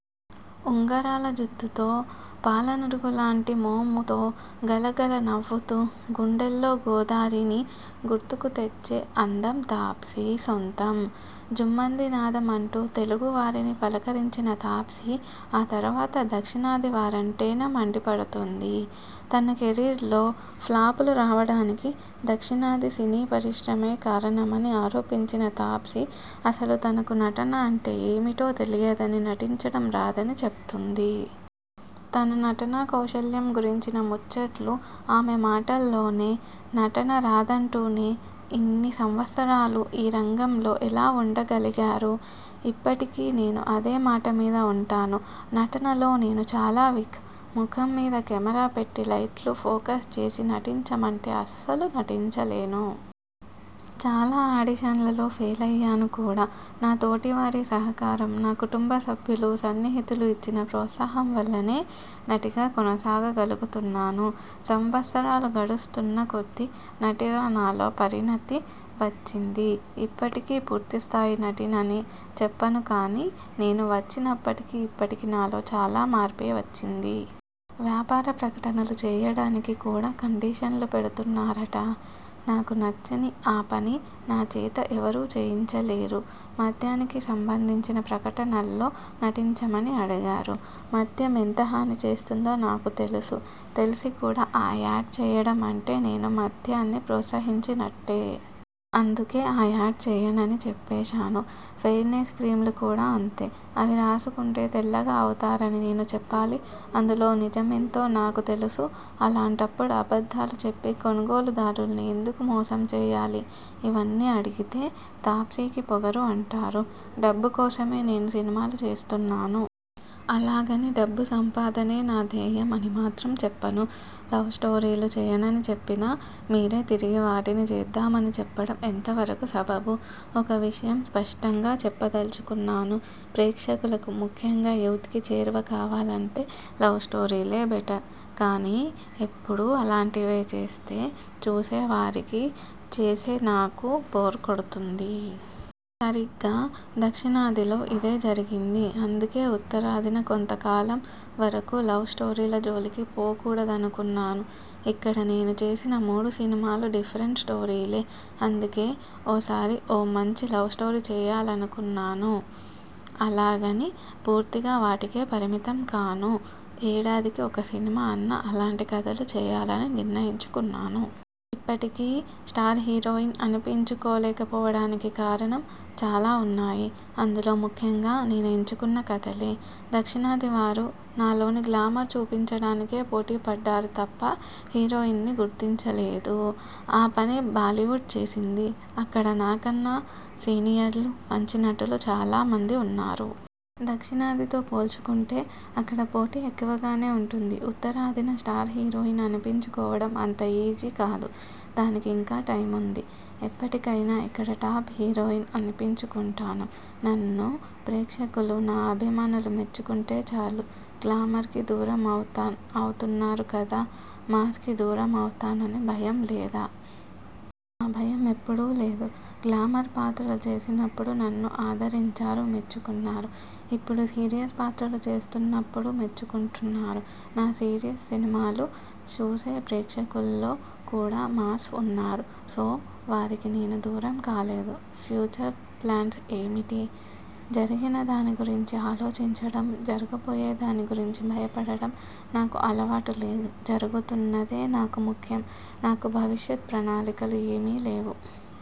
ఉంగరాల జుత్తుతో, పాలనురుగులాంటి మోముతో గలగల నవ్వుతూ 'గుండెల్లో గోదారి'ని గుర్తుకు తెచ్చే అందం తాప్సీ సొంతం. 'ఝుమ్మంది నాదం' అంటూ తెలుగు వారిని పలకరించిన తాప్సీ ఆ తరువాత దక్షిణాది వారంటేనే మండిపడుతోంది. తన కెరీర్లో ఫ్లాపులు రావడానికి దక్షిణాది సినీ పరిశ్రమే కారణమని ఆరోపించిన తాప్సీ అసలు తనకు నటన అంటే ఏమిటో తెలియదనీ, నటించడం రాదనీ చెబుతోంది. తన నటనాకౌశల్యం గురించిన ముచ్చట్లు ఆమె మాటల్లోనే. నటన రాదంటూనే ఇన్ని సంవత్సరాలు ఈ రంగంలో ఎలా ఉండగలిగారు? ఇప్పటికీ నేను అదే మాటమీద ఉంటాను. నటనలో నేను చాలా వీక్. ముఖం మీద కెమెరా పెట్టి లైట్లు ఫోకస్ చేసి నటించమంటే అస్సలు నటించలేను. చాలా ఆడిషన్లలో ఫెలయ్యాను కూడా, నా తోటి వారి సహకారం, నా కుటుంబ సభ్యులు, సన్నిహితులు ఇచ్చిన ప్రోత్సాహం వల్లనే నటిగా కొనసాగగలుగుతున్నాను. సంవత్సరాలు గడుస్తున్న కొద్దీ నటిగా నాలో పరిణతి వచ్చింది. ఇప్పటికీ పూర్తిస్థాయి నటినని చెప్పను కానీ, నేను వచ్చినప్పటికీ ఇప్పటికీ నాలో చాలా మార్పే వచ్చింది. వ్యాపార ప్రకటనలు చేయడానికి కూడా కండిషన్లు పెడుతున్నారట? నాకు నచ్చని ఆ పని నా చేత ఎవరూ చేయించలేరు మద్యానికి సంబంధించిన ప్రకటనల్లో నటించమని అడిగారు. మద్యం ఎంత హాని చేస్తుందో నాకు తెలుసు. తెలిసి కూడా ఆ యాడ్ చేయడం అంటే నేను మద్యాన్ని ప్రోత్సహించినట్టే. అందుకే ఆ యాడ్ చేయనని చెప్పేశాను. ఫెయిర్నెస్ క్రీంలు కూడా అంతే, అవి రాసుకుంటే తెల్లగా అవుతారని నేను చెప్పాలి. అందులో నిజమెంతో నాకు తెలుసు. అలాంటప్పడు అబద్ధాలు చెప్పి కొనుగోలుదారుల్ని ఎందుకు మోసం చేయాలి? ఇవన్నీ అడిగితే తాప్సీకి పొగరు అంటారు. డబ్బు కోసమే నేను సినిమాలు చేస్తున్నాను. అలాగని డబ్బు సంపాదనే నా ధ్యేయం అని మాత్రం చెప్పను. లవ్ స్టోరీలు చేయనని చెప్పిన మీరే తిరిగి వాటినే చేద్దామని చెప్పడం ఎంత వరకు సబబు? ఒక విషయం స్పష్టంగా చెప్పదలుచుకున్నాను. ప్రేక్షకులకు ముఖ్యంగా యూత్ కి చేరువ కావాలంటే లవ్ స్టోరీలే బెటర్, కానీ ఎప్పుడూ అలాంటివే చేస్తే చూసేవారికీ, చేసే నాకూ బోర్ కొడుతుంది. సరిగ్గా దక్షిణాదిలో ఇదే జరిగింది. అందుకే ఉత్తరాదిన కొంత కాలం వరకూ లవ్ స్టోరీల జోలికి పోకూడదనుకున్నాను. ఇక్కడ నేను చేసిన మూడు సినిమాలు డిఫరెంట్ స్టోరీలే. అందుకే ఓసారి ఓ మంచి లవ్ స్టోరీ చేయాలనుకున్నాను. అలాగని పూర్తిగా వాటికే పరిమితం కాను. ఏడాదికి ఒక సినిమా అన్నా అలాంటి కథలు చేయాలని నిర్ణయించుకున్నాను. ఇప్పటికీ స్టార్ హీరోయిన్ అనిపించుకోలేకపోవడానికి కారణం? చాలా ఉన్నాయి. అందులో ముఖ్యంగా నేను ఎంచుకున్న కథలే, దక్షిణాది వారు నాలోని గ్లామర్ చూపించడానికే పోటీ పడ్డారు తప్ప హీరోయిన్ని గుర్తించలేదు. ఆ పని బాలీవుడ్ చేసింది. అక్కడ నా కన్నా సీనియర్లు, మంచి నటులు చాలామంది ఉన్నారు. దక్షిణాదితో పోల్చుకుంటే అక్కడ పోటీ ఎక్కువగానే ఉంటుంది. ఉత్తరాదిన స్టార్ హీరోయిన్ అనిపించుకోవడం అంత ఈజీ కాదు. దానికి ఇంకా టైముంది. ఎప్పటికైనా ఇక్కడ టాప్ హీరోయిన్ అనిపించుకుంటాను. నన్ను ప్రేక్షకులు, నా అభిమానులు మెచ్చుకుంటే చాలు. గ్లామర్ కి దూరం అవుతున్నారు కదా, మాస్ కి దూరం అవుతానని భయం లేదా? ఆ భయం ఎప్పుడూ లేదు. గ్లామర్ పాత్రలు చేసినప్పుడు నన్ను ఆదరించారు, మెచ్చుకున్నారు. ఇప్పుడు సీరియస్ పాత్రలు చేస్తున్నప్పుడూ మెచ్చుకుంటున్నారు. నా సీరియస్ సినిమాలు చూసే ప్రేక్షకుల్లో కూడా మాస్ ఉన్నారు. సో వారికి నేను దూరం కాలేదు. ఫ్యూచర్ ప్లాన్స్ ఏమిటి? జరిగినదాని గురించి ఆలోచించడం, జరగబోయే దాని గురించి భయపడడం నాకు అలవాటు లేదు. జరుగుతున్నదే నాకు ముఖ్యం. నాకు భవిష్యత్ ప్రణాళికలు ఏమీ లేవు.